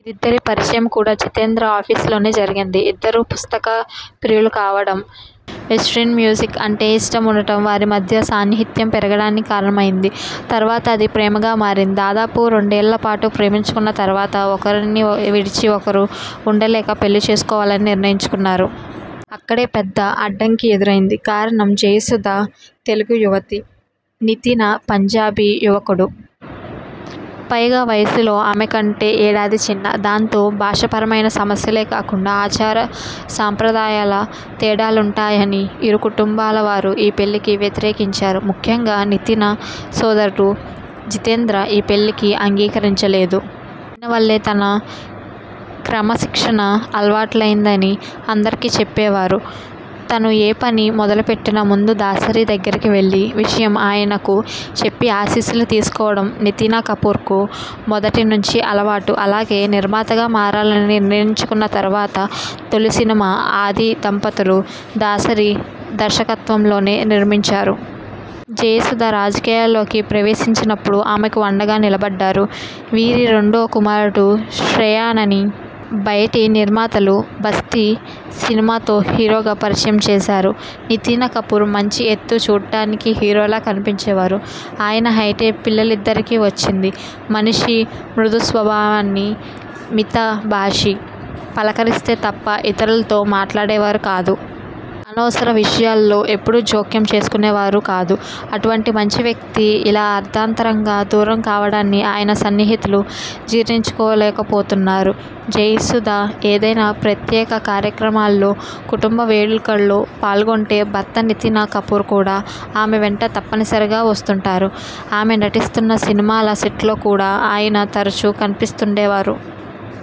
వీరిద్దరి పరిచయం కూడా జితేంద్ర ఆఫీసులోనే జరిగింది. ఇద్దరూ పుస్తక ప్రియులు కావడం, వెస్ట్రన్ మ్యూజిక్ అంటే ఇష్టం ఉండటం వారి మధ్య సాన్నిహిత్యం పెరగడానికి కారణమయ్యాయి. తర్వాత అది ప్రేమగా మారింది. దాదాపు రెండేళ్లపాటు ప్రేమించుకున్న తర్వాత ఒకరినివిడిచి ఒకరు ఉండలేక పెళ్లి చేసుకోవాలని నిర్ణయించుకున్నారు. అక్కడే పెద్ద అడ్డంకి ఎదురైంది. కారణం జయసుధ తెలుగు యువతి, నితిన పంజాబీ యువకుడు. పైగా వయసులో ఆమె కంటే ఏడాది చిన్న. దాంతో భాషాపరమైన సమస్యలే కాకుండా ఆచార సంప్రదాయాల తేడాలుంటాయని ఇరు కుటుంబాలవారు ఈ పెళ్లికి వ్యతిరేకించారు. ముఖ్యంగా నితిన సోదరుడు జితేంద్ర ఈ పెళ్లికి అంగీకరించలేదు. ఆయన వల్లే తనకు క్రమశిక్షణ అలవాట్టైందని అందరికీ చెప్పేవారు. తను ఏ పని మొదలుపెట్టినా ముందు దాసరి దగ్గరకు వెళ్లి విషయం ఆయనకు చెప్పి ఆశీస్సులు తీసుకోవడం నితినకపూర్కు మొదటినుంచీ అలవాటు. అలాగే నిర్మాతగా మారాలని నిర్ణయించుకున్న తర్వాత తొలి సినిమా 'ఆది దంపతులు' దాసరి దర్శకత్వంలోనే నిర్మించారు. జయసుధ రాజకీయాల్లోకి ప్రవేశించినప్పుడు ఆమెకు అండగా నిలబడ్డారు. వీరి రెండో కుమారుడు శ్రేయానని బయటి నిర్మాతలు 'బస్తీ' సినిమాతో హీరోగా పరిచయం చేశారు. నితినకపూర్ మంచి ఎత్తు, చూడటానికి హీరోలా కనిపించేవారు. ఆయన హైటే పిల్లలిద్దరికీ వచ్చింది. మనిషి మృదుస్వభావి, మితభాషి. పలకరిస్తే తప్ప ఇతరులతో మాట్లాడేవారు కాదు. అనవసర విషయాల్లో ఎప్పుడూ జోక్యం చేసుకునేవారు కాదు. అటువంటి మంచి వ్యక్తి ఇలా అర్ధాంతరంగా దూరంకావడాన్ని ఆయన సన్నిహితులు జీర్ణించుకోలేకపోతున్నారు. జయసుధ ఏదైనా ప్రత్యేక కార్యక్రమాల్లో, కుటుంబ వేడుకల్లో పాల్గొంటే, భర్త నితిన కపూర్ కూడా ఆమె వెంట తప్పనిసరిగా వస్తుంటారు. ఆమె నటిస్తున్న సినిమాల సెట్స్లో కూడా ఆయన తరచూ కనిపిస్తుండేవారు.